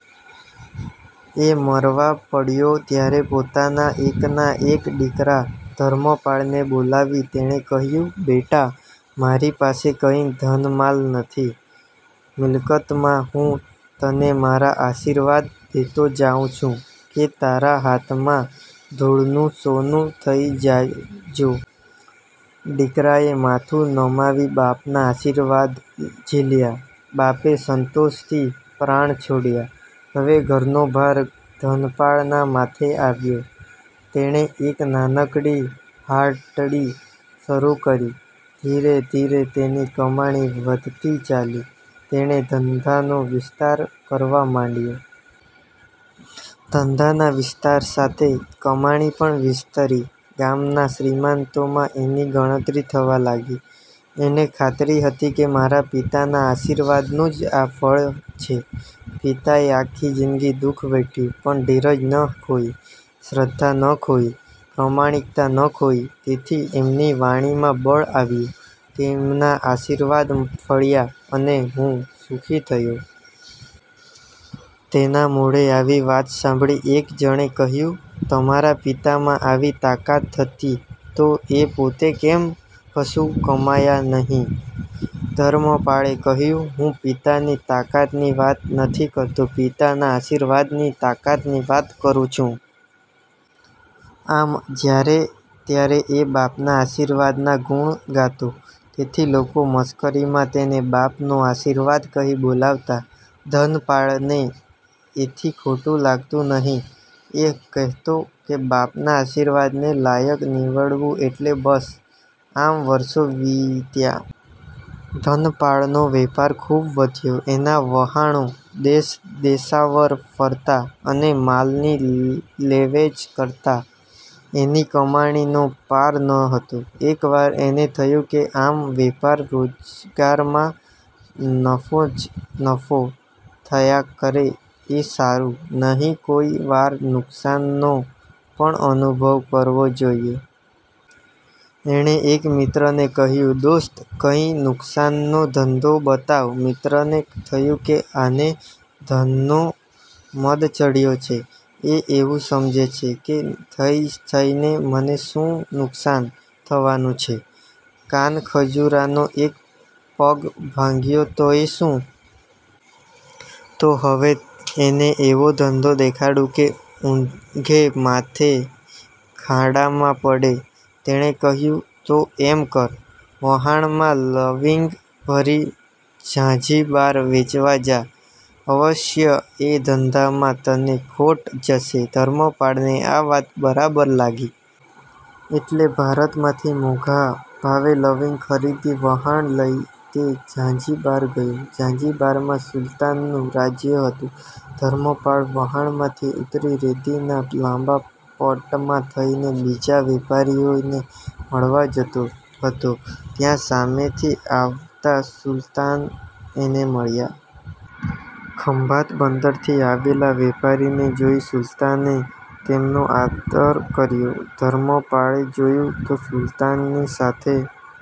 એ મરવા પડ્યો ત્યારે પોતાના એકના એક દીકરા ધર્મપાળને બોલાવી તેણે કહ્યું: 'બેટા, મારી પાસે કંઈ ધનમાલ નથી. મિલકતમાં હું તને મારા આશીર્વાદ દેતો જાઉં છું કે તારા હાથમાં ધૂળનું સોનું થઈ જજો! ' દીકરાએ માથું નમાવી બાપના આશીર્વાદ ઝીલ્યા. બાપે સંતોષથી પ્રાણ છોડ્યા. હવે ઘરનો ભાર ધનપાળના માથે આવ્યો. તેણે એક નાનકડી હાટડી શરૂ કરી. ધીરે ધીરે તેની કમાણી વધતી ચાલી. તેણે ધંધાનો વિસ્તાર કરવા માંડ્યો. ધંધાના વિસ્તાર સાથે કમાણી પણ વિસ્તરી. ગામના શ્રીમંતોમાં એની ગણતરી થવા લાગી. એને ખાતરી હતી કે મારા પિતાના આશીર્વાદનું જ આ ફળ છે. પિતાએ આખી જિંદગી દુ:ખ વેઠ્યું, પણ ધીરજ ન ખોઈ, શ્રદ્ધા ન ખોઈ, પ્રમાણિકતા ન ખોઈ, તેથી એમની વાણીમાં બળ આવ્યું, તેમના આશીર્વાદ ફળ્યા, અને હું સુખી થયો. તેના મોઢે આવી વાત સાંભળી એક જણે કહ્યું: 'તમારા પિતામાં આવી તાકાત હતી, તો એ પોતે કેમ કશું કમાયા નહિ? ' ધર્મપાળે કહ્યું: 'હું પિતાની તાકાતની વાત નથી કરતો, પિતાના આશીર્વાદની તાકાતની વાત કરું છું. ' આમ જ્યારે ત્યારે એ બાપના આશીર્વાદના ગુણ ગાતો, તેથી લોકો મશ્કરીમાં તેને 'બાપનો આશીર્વાદ' કહી બોલાવતા. ધનપાળને એથી ખોટું લાગતું નહિ, એ કહેતો કે બાપના આશીર્વાદને લાયક નીવડું એટલે બસ. આમ વર્ષો વીત્યાં. ધનપાળનો વેપાર ખૂબ વધ્યો. એનાં વહાણો દેશદેશાવર ફરતાં અને માલની લેવેચ કરતાં. એની કમાણીનો પાર ન હતો. એકવાર એને થયું કે આમ વેપાર રોજગારમાં નફો જ નફો થયા કરે એ સારું નહિ, કોઈ વાર નુકસાનનો પણ અનુભવ કરવો જોઈએ. એણે એક મિત્રને કહ્યું: 'દોસ્ત, કંઈ નુકસાનનો ધંધો બતાવ! ' મિત્રને થયું કે આને ધનનો મદ ચડ્યો છે; એ એવું સમજે છે કે થઈ થઈને મને શું નુકસાન થવાનું છે? કાનખજૂરાનો એક પગ ભાંગ્યો તોય શું? તો હવે એને એવો ધંધો દેખાડું કે ઊંધે માથે ખાડામાં પડે. તેણે કહ્યું: 'તો એમ કર! વહાણમાં લવિંગ ભરી ઝાંઝીબાર વેચવા જા! અવશ્ય એ ધંધામાં તને ખોટ જશે. ' ધર્મપાળને આ વાત બરાબર લાગી. એટલે ભારતમાંથી મોંઘા ભાવે લવિંગ ખરીદી વહાણ લઈ તે ઝાંઝીબાર ગયો. ઝાંઝીબારમાં સુલતાનનું રાજ્ય હતું. ધર્મપાળ વહાણમાંથી ઊતરી રેતીના લાંબા પટમાં થઈને બીજા વેપારીઓને મળવા જતો હતો. ત્યાં સામેથી આવતા સુલતાન એને મળ્યા. ખંભાત બંદરથી આવેલા વેપારીને જોઈ સુલતાને તેમનો આદર કર્યો. ધર્મપાળે જોયું તો સુલતાનની સાથે